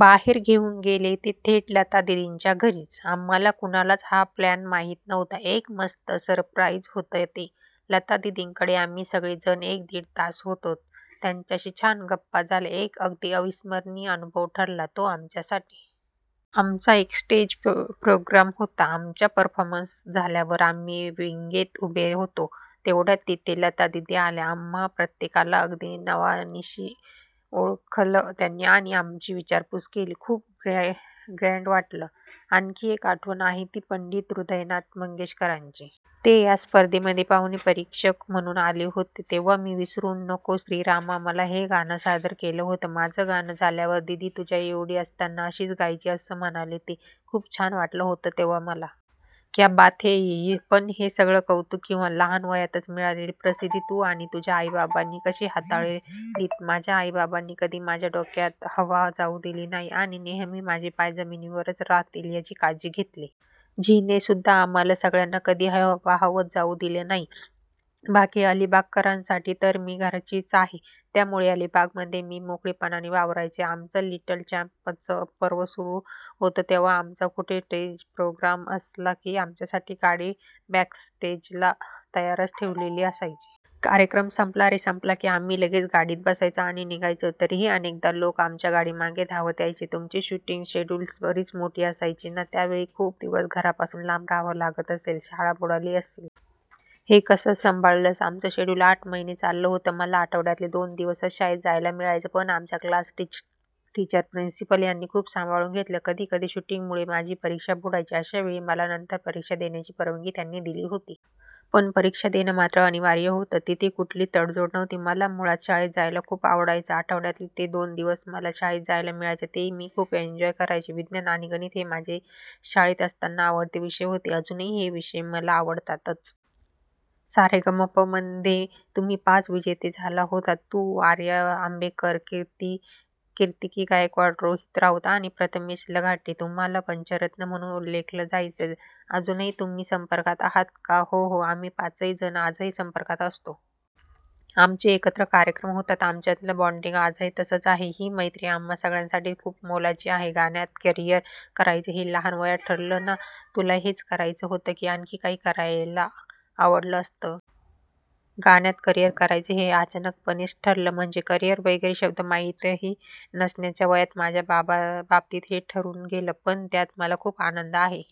बाहेर घेऊन गेले ते थेट लतादीदींच्या घरीच! आम्हांला कुणालाच हा प्लॅन माहीत नव्हता. एक मस्त सरप्राइझ होतं ते. लतादीदींकडे आम्ही सगळे जण एक-दीड तास होतो. त्यांच्याशी छान गप्पा झाल्या. एक अगदी अविस्मरणीय अनुभव ठरला तो आमच्यासाठी. आमचा एक स्टेज प्रोग्रॅम होता. आमचा परफॉर्मन्स झाल्यावर आम्ही विंगेत उभे होतो. तेवढ्यात तिथे लतादीदी आल्या. आम्हां प्रत्येकाला अगदी नावानिशी ओळखलं त्यांनी आणि आमची विचारपूस केली. खूप ग्रॅण्ड वाटलं! आणखी एक आठवण आहे ती पंडित हृदयनाथ मंगेशकरांची. ते या स्पर्धेमध्ये पाहुणे परीक्षक म्हणून आले होते. तेव्हा मी 'विसरू नको श्रीरामा मला' हे गाणं सादर केलं होतं. माझं गाणं झाल्यावर 'दीदी तुझ्याएवढी असताना अशीच गायची' असं म्हणाले ते! खूप छान वाटलं होतं तेव्हा मला!! क्या बात हैं! पण हे सगळं कौतुक किंवा लहान वयातच मिळालेली प्रसिद्धी तू आणि तुझ्या आई-बाबांनी कशी हाताळलीत? -माझ्या आई-बाबांनी कधी माझ्या डोक्यात हवा जाऊ दिली नाही आणि नेहमी माझे पाय जमिनीवरच राहतील याची काळजी घेतली. 'झी'ने सुद्धा आम्हा सगळ्यांना कधी वाहवत जाऊ दिलं नाही. बाकी अलिबागकरांसाठी तर मी घरचीच आहे. त्यामुळे अलिबागमध्ये मी मोकळेपणाने वावरायचे. आमचं 'लिट्ल चॅम्प्स'चं पर्व सुरू होतं तेव्हा आमचा कुठे स्टेज प्रोग्रॅम असला की, आमच्यासाठी गाडी बॅकस्टेजला तयारच ठेवलेली असायची. कार्यक्रम संपला रे संपला की आम्ही लगेच गाडीत बसायचो आणि निघायचो. तरीही अनेकदा लोक आमच्या गाडीमागे धावत यायचे! तुमची शूटिंग शेड्यूल्स बरीच मोठी असायची ना? त्यावेळी खूप दिवस घरापासून लांब राहावं लागलं असेल, शाळा बुडाली असेल.. हे कसं संभाळलंस? -आमचं शेड्युल आठ महिने चाललं होतं. मला आठवड्यातले दोन दिवसच शाळेत जायला मिळायचं. पण आमच्या क्लास टीचर, प्रिन्सिपल यांनी खूप सांभाळून घेतलं. कधी कधी शूटिंगमुळे माझी परीक्षा बुडायची. अशा वेळी मला नंतर परीक्षा देण्याची परवानगी त्यांनी दिली होती. पण परीक्षा देणं मात्र अनिवार्य होतं. तिथे कुठलीच तडजोड नव्हती. मला मुळात शाळेत जायला खूप आवडायचं. आठवड्यातले जे दोन दिवस मला शाळेत जायला मिळायचं ते मी खूप एन्जॉय करायचे. विज्ञान आणि गणित हे माझे शाळेत असताना आवडते विषय होते, अजूनही हे विषय मला आवडतातच. 'सारेगमप'मध्ये तुम्ही पाच विजेते झाला होतात- तू, आर्या आंबेकर, कार्तिकी गायकवाड, रोहित राऊत आणि प्रथमेश लघाटे. तुम्हांला 'पंचरत्न' म्हणून उल्लेखलं जायचं. अजूनही तुम्ही संपर्कात आहात का? -हो हो. आम्ही पाचही जण आजही संपर्कात असतो. आमचे एकत्र कार्यक्रम होतात. आमच्यातलं बॉण्डिंग आजही तसंच आहे. ही मैत्री आम्हा सगळ्यांसाठीच खूप मोलाची आहे! गाण्यात करियर करायचं हे लहान वयात ठरलं ना? तुला हेच करायचं होतं, की आणखी काही करायला आवडलं असतं? -गाण्यात करियर करायचं हे अचानकपणेच ठरलं. म्हणजे करियर वगैरे शब्द माहीतही नसण्याच्या वयात माझ्या बाबतीत हे ठरून गेलं. पण त्यात मला खूप आनंद आहे.